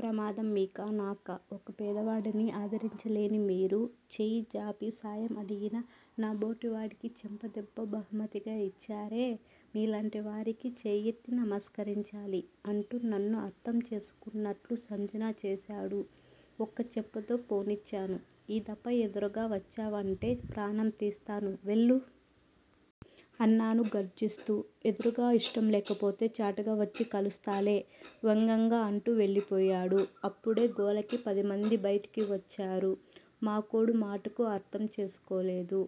ప్రమాదం మీకా నాకా! ఒక పేదవాడిని ఆదరించలేని మీరు, చెయ్యి జాపి సహాయం అడిగిన నాబోటివాడికి చెంపదెబ్బ బహుమతిగా యిచ్చారే! మీలాంటివారికి చేయెత్తి నమస్కరించాలి. అంటూ నన్ను అర్థం చేసుకున్నట్టు సంజ్ఞ చేశాడు. ఒక్క చెంప దెబ్బతోనే పోనిచ్చాను. ఈ తఫా ఎదురుగా వచ్చావంటే ప్రాణం తీస్తాను, వెళ్ళు. అన్నాను గర్జిస్తూ. ఎదురుగాయిష్టంలేకపోతే చాటుగా వచ్చి కలుస్తాలే. వ్యంగ్యంగా అంటూ వెళ్ళిపోయాడు. అప్పుడే గోలకి పదిమంది బైటికి వచ్చారు. మా కోడ్ మటుకు అర్థం చేసుకోలేదు.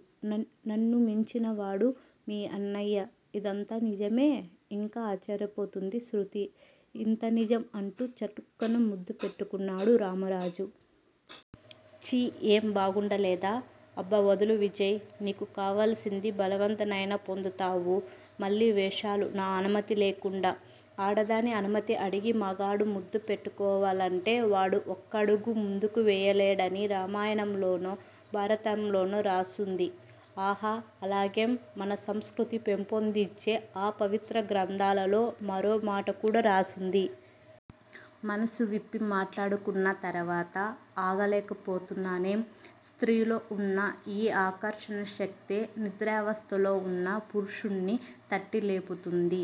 నన్ను మించినవాడు మీ అన్నయ్య. ఇదంతా నిజమే? ఇంకా ఆశ్చర్యపోతున్నది శృతి. ఇంతనిజం అంటూ చటుక్కున ముద్దు పెట్టుకున్నాడు రామరాజు. ఛీ ఏం బాగుండలేదా? అబ్బ వదులు విజయ్! నీకు కావలసింది బలవంతానైనా పొందుతావు, మళ్ళీ వేషాలు, నా అనుమతి లేకుండా ఆడదాని అనుమతి అడిగి మగాడు ముద్దుపెట్టుకోవాలంటే వాడు ఒక్కడుగు ముందుకు వేయలేడని రామాయణంలోనో, భారతంలోనో రాసుంది ఆహా, అలాగేం మన సంస్కృతి పెంపొందించే ఆ పవిత్ర గ్రంథాలలో మరో మాటకూడా రాసుంది. మనసు విప్పి మాట్లాడుకున్న తర్వాత ఆగలేకపోతున్నానేం? స్త్రీలో వున్న ఈ ఆకర్షణశక్తే నిద్రావస్థలో వున్న పురుషుడిని తట్టి లేపుతుంది.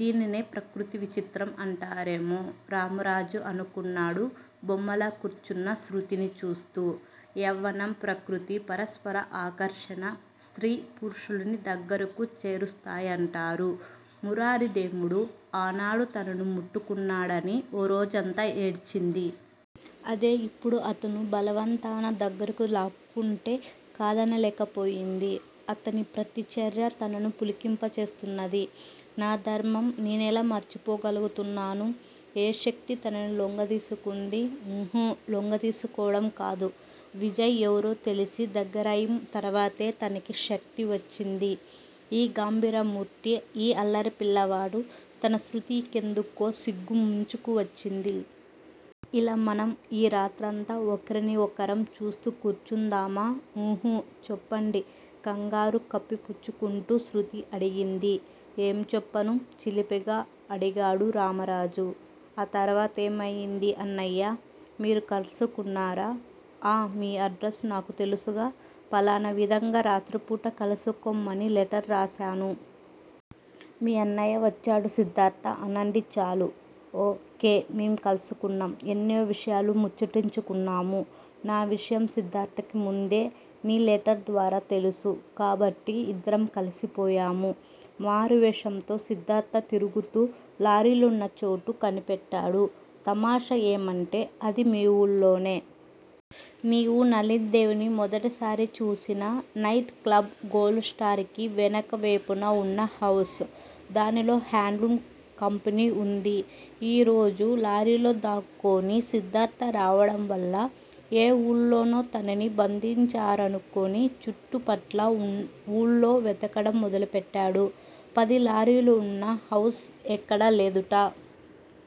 దీనినే ప్రకృతి విచిత్రం అంటారేమో! రామరాజు అనుకున్నాడు, బొమ్మలా కూర్చున్న శృతిని చూస్తూ. యౌవనం, ప్రకృతి, పరస్పర ఆకర్షణ స్త్రీ పురుషులని దగ్గరకు చేరుస్తాయంటారు. మురారిదేముడు ఆనాడు తనను ముట్టుకున్నాడని ఓ రోజంతా ఏడ్చింది. అదే ఇప్పుడు అతను బలవంతాన దగ్గరకు లాక్కుంటే కాదనలేకపోయింది. అతని ప్రతి చర్యా తనను పులకింపజేస్తున్నది. నా ధర్మం నేనెలా మరిచిపొగలుగుతున్నాను! ఏ శక్తి తనని లోంగదీసుకుంది? ఊహూ లొంగదీసుకోవటం కాదు. విజయ్ ఎవరో తెలిసి, దగ్గరయిం తరవాతే తనకీ శక్తి వచ్చింది. ఈ గంభీరామూర్తి, ఈ అల్లారిపిల్లడు తన శృతికెందుకో సిగ్గు ముంచుకు వచ్చింది. ఇలా మనం ఈ రాత్రంతా ఒకరినొకరం చూస్తూ కూర్చుందామా! ఉహూ. చెప్పండి కంగారు కప్పిపుచ్చుకుంటూ శృతి అడిగింది. ఏం చెప్పను? చిలిపిగా అడిగాడు రామరాజు. ఆ తర్వాతేమయింది? అన్నయ్య, మీరు కలుసుకున్నారా! ఆ మీ అడ్రస్ నాకు తెలుసుగా? ఫలానా విధంగా రాత్రిపూట కల్సుకోమని లెటర్ రాశాను. మీ అన్నయ్య వచ్చాడు సిద్దార్థ అనండి చాలు. ఓ. కే. మేం కలుసుకున్నాం, ఎన్నో విషయాలు ముచ్చటించుకున్నాము. నా విషయం సిద్దార్థకి ముందే నీ లెటర్ ద్వారా తెలుసు. కాబట్టి ఇద్దరం కలిసిపోయాము. మారువేషంతో సిద్దార్థ తిరుగుతూ లారీలున్నచోటు కనిపెట్టాడు. తమాషా ఏమంటే అది మీ వూళ్ళోనే. నీవు నళినీదేవిని మొదటిసారి చూసిన నైట్ క్లబ్ గోల్డు స్టార్ కి వెనక వేపున వున్న హౌస్. దానిలో హాండ్ లూమ్ కంపెనీ వుంది. ఆ రోజు లారీలో దాక్కుని సిద్దార్థ రావడంవల్ల ఏ వూళ్ళోనో తనని బంధించారనుకుని చుట్టుపట్ల ఊళ్ళలో వెదకటం మొదలుపెట్టాడు. పది లారీలువున్నహవుస్ ఎక్కడాలేదుట.